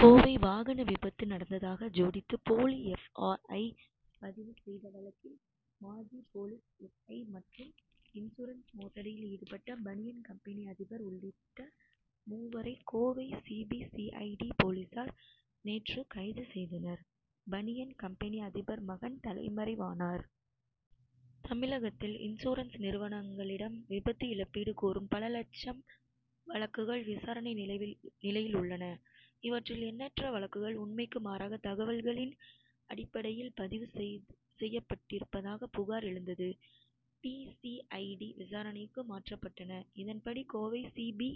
கோவை வாகன விபத்து நடந்ததாக ஜோடித்து போலி எப். ஐ. ஆர். பதிவு செய்த வழக்கில் மாஜி போலீஸ் எஸ். ஐ. மற்றும் இன்சூரன்ஸ் மோசடியில் ஈடுபட்ட பனியன் கம்பெனி அதிபர் உள்ளிட்ட மூவரை Kovai C. B. C. I. D. போலீசார் நேற்று கைது செய்தனர் பனியன் கம்பெனி அதிபர் மகன் தலைமறைவானார். தமிழகத்தில் இன்சூரன்ஸ் நிறுவனங்களிடம் விபத்து இழப்பீடு கோரும் பல லட்சம் வழக்குகள் விசாரணை நிலையில் உள்ளன. இவற்றில் எண்ணற்ற வழக்குகள் உண்மைக்கு மாறான தகவல்களின் அடிப்படையில் பதிவு செய்யப்பட்டிருப்பதாக புகார் எழுந்தது. பி. சி. ஐ. டி. விசாரணைக்கு மாற்றப்பட்டன. இதன்படி Kovai C. B.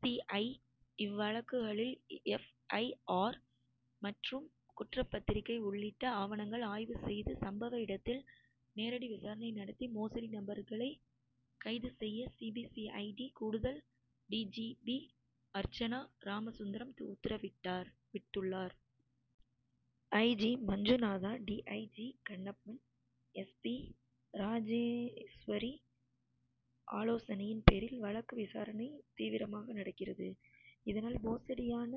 C. I. இவ்வழக்குகளின் எப். ஐ. ஆர். மற்றும் குற்றப்பத்திரிகை உள்ளிட்ட ஆவணங்களை ஆய்வு செய்து சம்பவ இடத்தில் நேரடி விசாரணை நடத்தி மோசடி நபர்களை கைது செய்ய C. B. C. I. D. கூடுதல் D. G. P. Archana Ramasundaram உத்தரவிட்டுள்ளார். I. G. Manjunatha D. I. G. Kannappan S. P. Rajeswari ஆலோசனையின் பேரில் வழக்கு விசாரணை தீவிரமாக நடக்கிறது. இதனால் மோசடியான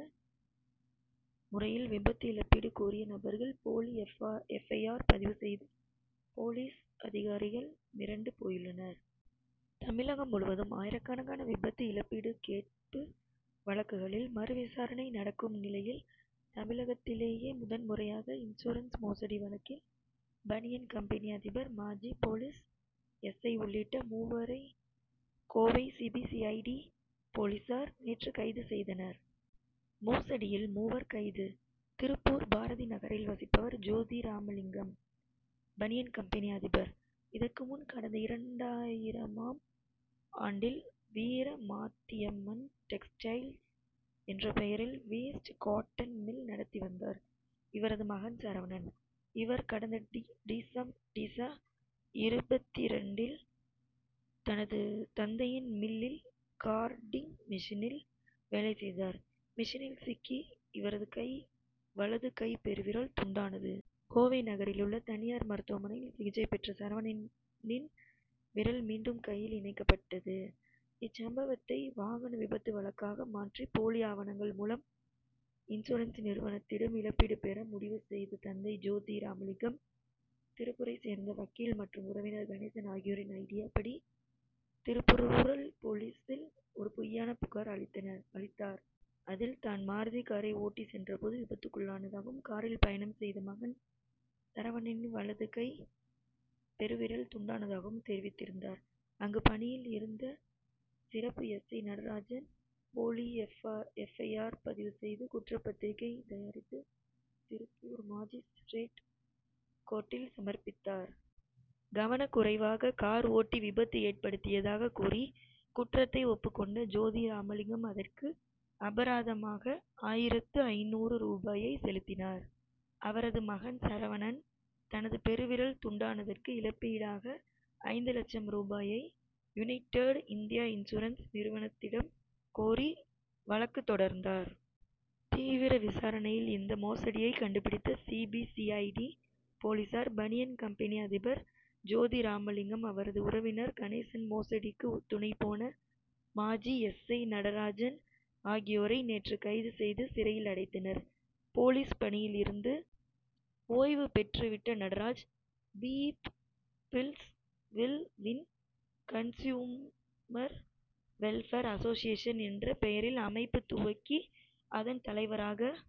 முறையில் விபத்து இழப்பீடு கோரிய நபர்கள் போலி எப். ஐ. ஆர். பதிவு செய்த போலீஸ் அதிகாரிகள் மிரண்டு போயுள்ளனர். தமிழகம் முழுவதும் ஆயிரக்கணக்கான விபத்து இழப்பீடு கேட்பு வழக்குகளில் மறுவிசாரணை நடக்கும் நிலையில் தமிழகத்திலேயே முதன்முறையாக இன்சூரன்ஸ் மோசடி வழக்கில் பனியன் கம்பெனி அதிபர் மாஜி போலீஸ் எஸ். ஐ. உள்ளிட்ட மூவரை Kovai C. B. C. I. D. போலீசார் நேற்று கைது செய்தனர். மோசடியில் மூவர் கைது திருப்பூர் பாரதி நகரில் வசிப்பவர் ஜோதிராமலிங்கம் பனியன் கம்பெனி அதிபர். இதற்கு முன் கடந்த இரண்டாயிரமாம் ஆண்டில் வீரமாத்தியம்மன் டெக்ஸ்டைல்ஸ் என்ற பெயரில் வேஸ்ட் காட்டன் மில் நடத்தி வந்தார் இவரது மகன் சரவணன். இவர் கடந்த டிச. இருபத்திரண்டில் தனது தந்தையின் மில்லில் கார்டிங் மெஷினில் வேலை செய்தார் மெஷினில் சிக்கி இவரது வலது கை பெருவிரல் துண்டானது. கோவை நகரிலுள்ள தனியார் மருத்துவமனையில் சிகிச்சை பெற்ற சரவணனின் விரல் மீண்டும் கையில் இணைக்கப்பட்டது. இச்சம்பவத்தை வாகன விபத்து வழக்காக மாற்றி போலி ஆவணங்கள் மூலம் இன்சூரன்ஸ் நிறுவனத்திடம் இழப்பீடு பெற முடிவு செய்த தந்தை ஜோதி ராமலிங்கம் திருப்பூரைச் சேர்ந்த வக்கீல் மற்றும் உறவினர் கணேசன் ஆகியோரின் ஐடியா படி திருப்பூர் ரூரல் போலீசில் ஒரு பொய்யான புகார் அளித்தார். அதில் தான் மாருதி காரை ஓட்டிச் சென்ற போது விபத்துக்குள்ளானதாகவும் காரில் பயணம் செய்த மகன் சரவணனின் வலது கை பெருவிரல் துண்டானதாகவும் தெரிவித்திருந்தார். அங்கு பணியில் இருந்த சிறப்பு எஸ். ஐ. நடராஜன் போலி எப். ஐ. ஆர். பதிவு செய்து குற்றப்பத்திரிகை தயாரித்து திருப்பூர் மாஜிஸ்திரேட் கோர்ட்டில் சமர்ப்பித்தார். கவனக்குறைவாக கார் ஓட்டி விபத்து ஏற்படுத்தியதாக கூறி குற்றத்தை ஒப்புக்கொண்ட ஜோதி ராமலிங்கம் அதற்கு அபராதமாக ஆயிரத்து ஐந்நூறு ரூபாயை செலுத்தினார். அவரது மகன் சரவணன் தனது பெருவிரல் துண்டானதற்கு இழப்பீடாக ஐந்து லட்சம் ரூபாயை யுனைடெட் இந்தியா இன்ஸ்சூரன்ஸ் நிறுவனத்திடம் கோரி வழக்கு தொடர்ந்தார். தீவிர விசாரணையில் இந்த மோசடியை கண்டுபிடித்த C. B. C. I. D. போலீசார் பனியன் கம்பெனி அதிபர் ஜோதிராமலிங்கம் அவரது உறவினர் கணேசன் மோசடிக்கு துணைபோன மாஜி எஸ். ஐ. நடராஜன் ஆகியோரை நேற்று கைது செய்து சிறையில் அடைத்தனர். போலீஸ் பணியில் இருந்து ஓய்வு பெற்றுவிட்ட Nataraj peoples will win consumer welfare association என்ற பெயரில் அமைப்பு துவக்கி அதன் தலைவராக